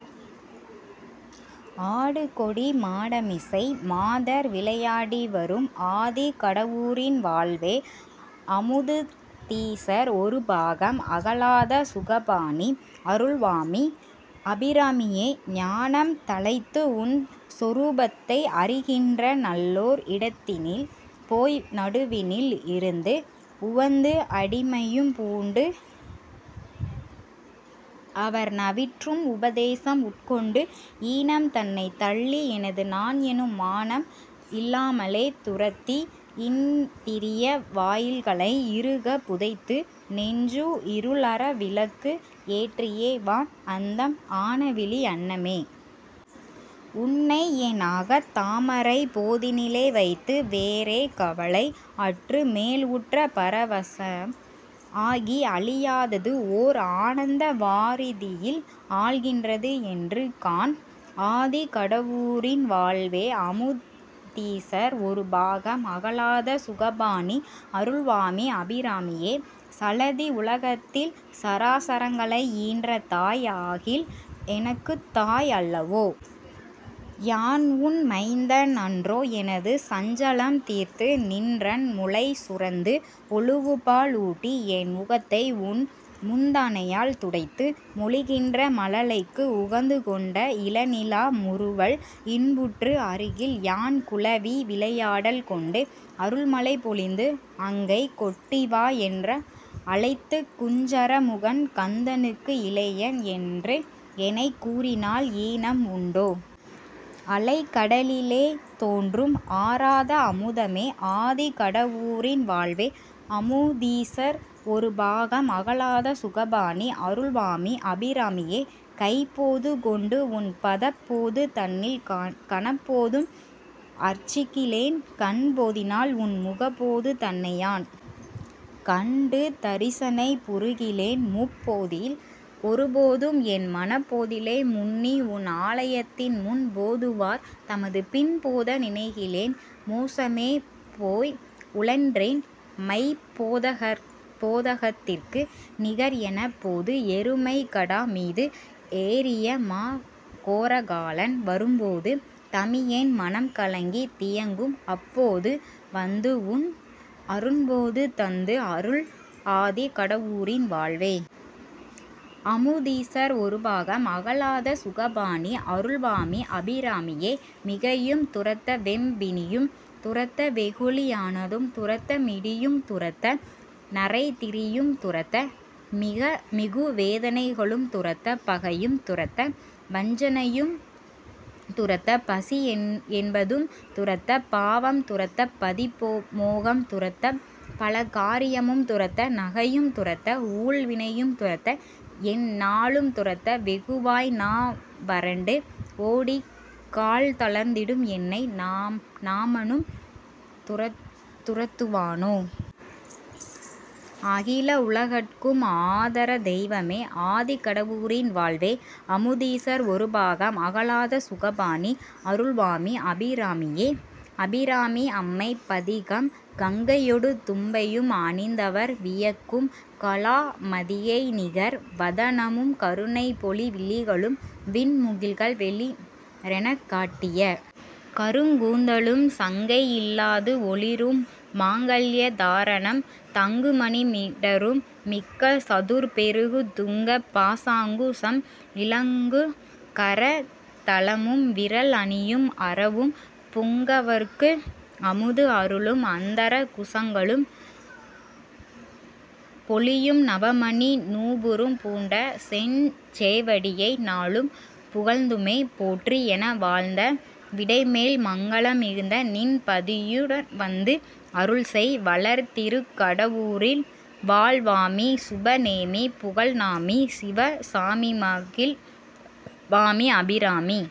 ஆடு கொடி மாடமிசை மாதர் விளையாடி வரும் ஆதி கடவூரின் வாழ்வே! அமுதுதீசர் ஒரு பாகம் அகலாத சுகபாணி! அருள் வாமி! அபிராமியே! ஞானம் தழைத்து, உன் சொரூபத்தை அறிகின்ற நல்லோர் இடத்தினில் போய் நடுவினில் இருந்து உவந்து அடிமையும் பூண்டு அவர் நவிற்றும் உபதேசம் உட்கொண்டு ஈனம்தனைத் தள்ளி எனது நான் எனும் மானம் இல்லாமலே துரத்தி இந்திரிய வாயில்களை இறுகப் புதைத்து நெஞ்சு இருள் அற விளக்கு ஏற்றியே வான் அந்தம் ஆன விழி அன்னமே! உன்னை என் அகத் தாமரைப் போதினிலே வைத்து வேறே கவலை அற்று மேல் உற்ற பர வசம் ஆகி அழியாதது ஓர் ஆனந்த வாரிதியில் ஆழ்கின்றது என்று காண்? ஆதி கடவூரின் வாழ்வே? அமுதீசர் ஒரு பாகம் அகலாத சுகபாணி! அருள் வாமி! அபிராமியே! சலதி உலகத்தில் சராசரங்களை ஈன்ற தாய் ஆகில் எனக்குத் தாய் அல்லவோ? யான் உன் மைந்தன் அன்றோ? எனது சஞ்சலம் தீர்த்து நின்றன் முலை சுரந்து ஒழுகு பால் ஊட்டி என் முகத்தை உன் முந்தானையால் துடைத்து மொழிகின்ற மழலைக்கு உகந்துகொண்டு இள நிலா முறுவல் இன்புற்று அருகில் யான் குலவி விளையாடல் கொண்டு அருள் மழை பொழிந்து அங்கை கொட்டி வா என்று அழைத்துக் குஞ்சர முகன் கந்தனுக்கு இளையன் என்று எனைக் கூறினால் ஈனம் உண்டோ? அலை கடலிலே தோன்றும் ஆராத அமுதமே! ஆதி கடவூரின் வாழ்வே! அமுதீசர் ஒரு பாகம் அகலாத சுகபாணி! அருள் வாமி! அபிராமியே! கைப் போது கொண்டு உன் பதப் போது தன்னில் கணப் போதும் அர்ச்சிக்கிலேன் கண் போதினால் உன் முகப் போது தன்னை யான் கண்டு தரிசனை புரிகிலேன் முப் போதில் ஒரு போதும் என் மனப் போதிலே முன்னி உன் ஆலயத்தின் முன் போதுவார் தமது பின் போத நினைகிலேன் மோசமே போய் உழன்றேன் மைப் போதகத்திற்கு நிகர் எனப் போது எருமைக் கடா மீது ஏறியே மா கோர காலன் வரும்போது, தமியேன் மனம் கலங்கித் தியங்கும் அப் போது வந்து உன் அருட்போது தந்து அருள் ஆதி கடவூரின் வாழ்வே! அமுதீசர் ஒரு பாகம் அகலாத சுகபாணி! அருள் வாமி! அபிராமியே! மிகையும் துரத்த வெம் பிணியும் துரத்த வெகுளி ஆனதும் துரத்த மிடியும் துரத்த நரை திரையும் துரத்த மிகு வேதனைகளும் துரத்தப் பகையும் துரத்த வஞ்சனையும் துரத்தப் பசி என்பதும் துரத்தப் பாவம் துரத்தப் பதி மோகம் துரத்தப் பல காரியமும் துரத்த நகையும் துரத்த ஊழ் வினையும் துரத்த என் நாளும் துரத்த வெகுவாய் நா வறண்டு ஓடிக் கால் தளர்ந்திடும் என்னை நா நாமனும் துரத்து துரத்துவானோ? அகில உலகங்கட்கும் ஆதர தெய்வமே! ஆதி கடவூரின் வாழ்வே! அமுதீசர் ஒரு பாகம் அகலாத சுகபாணி! அருள் வாமி! அபிராமியே! அபிராமி அம்மைப் பதிகம் கங்கையொடு தும்பையும் அணிந்தவர் வியக்கும் கலா மதியை நிகர் வதனமும், கருணை பொழி விழிகளும், விண் முகில்கள் வெளிறெனக் காட்டிய கரும் கூந்தலும், சங்கை இல்லாது ஒளிரும் மாங்கல்ய தாரணம் தங்கு மணி மிடறும், மிக்க சதுர் பெருகு துங்க பாசாங்குசம் இலங்கு கர தலமும், விரல் அணியும் அரவும், புங்கவர்க்கு அமுது அருளும் அந்தர குசங்களும், பொலியும் நவமணி நூபுரம் பூண்ட செஞ் சேவடியை நாளும் புகழ்ந்துமே- போற்றி என வாழ்த்த, விடை மேல் மங்களம் மிகுந்த நின் பதியுடன் வந்து, அருள் செய்; வளர் திருக் கடவூரில் வாழ் வாமி! சுப நேமி! புகழ் நாமி! சிவ சாமிமகிழ் வாமி! அபிராமி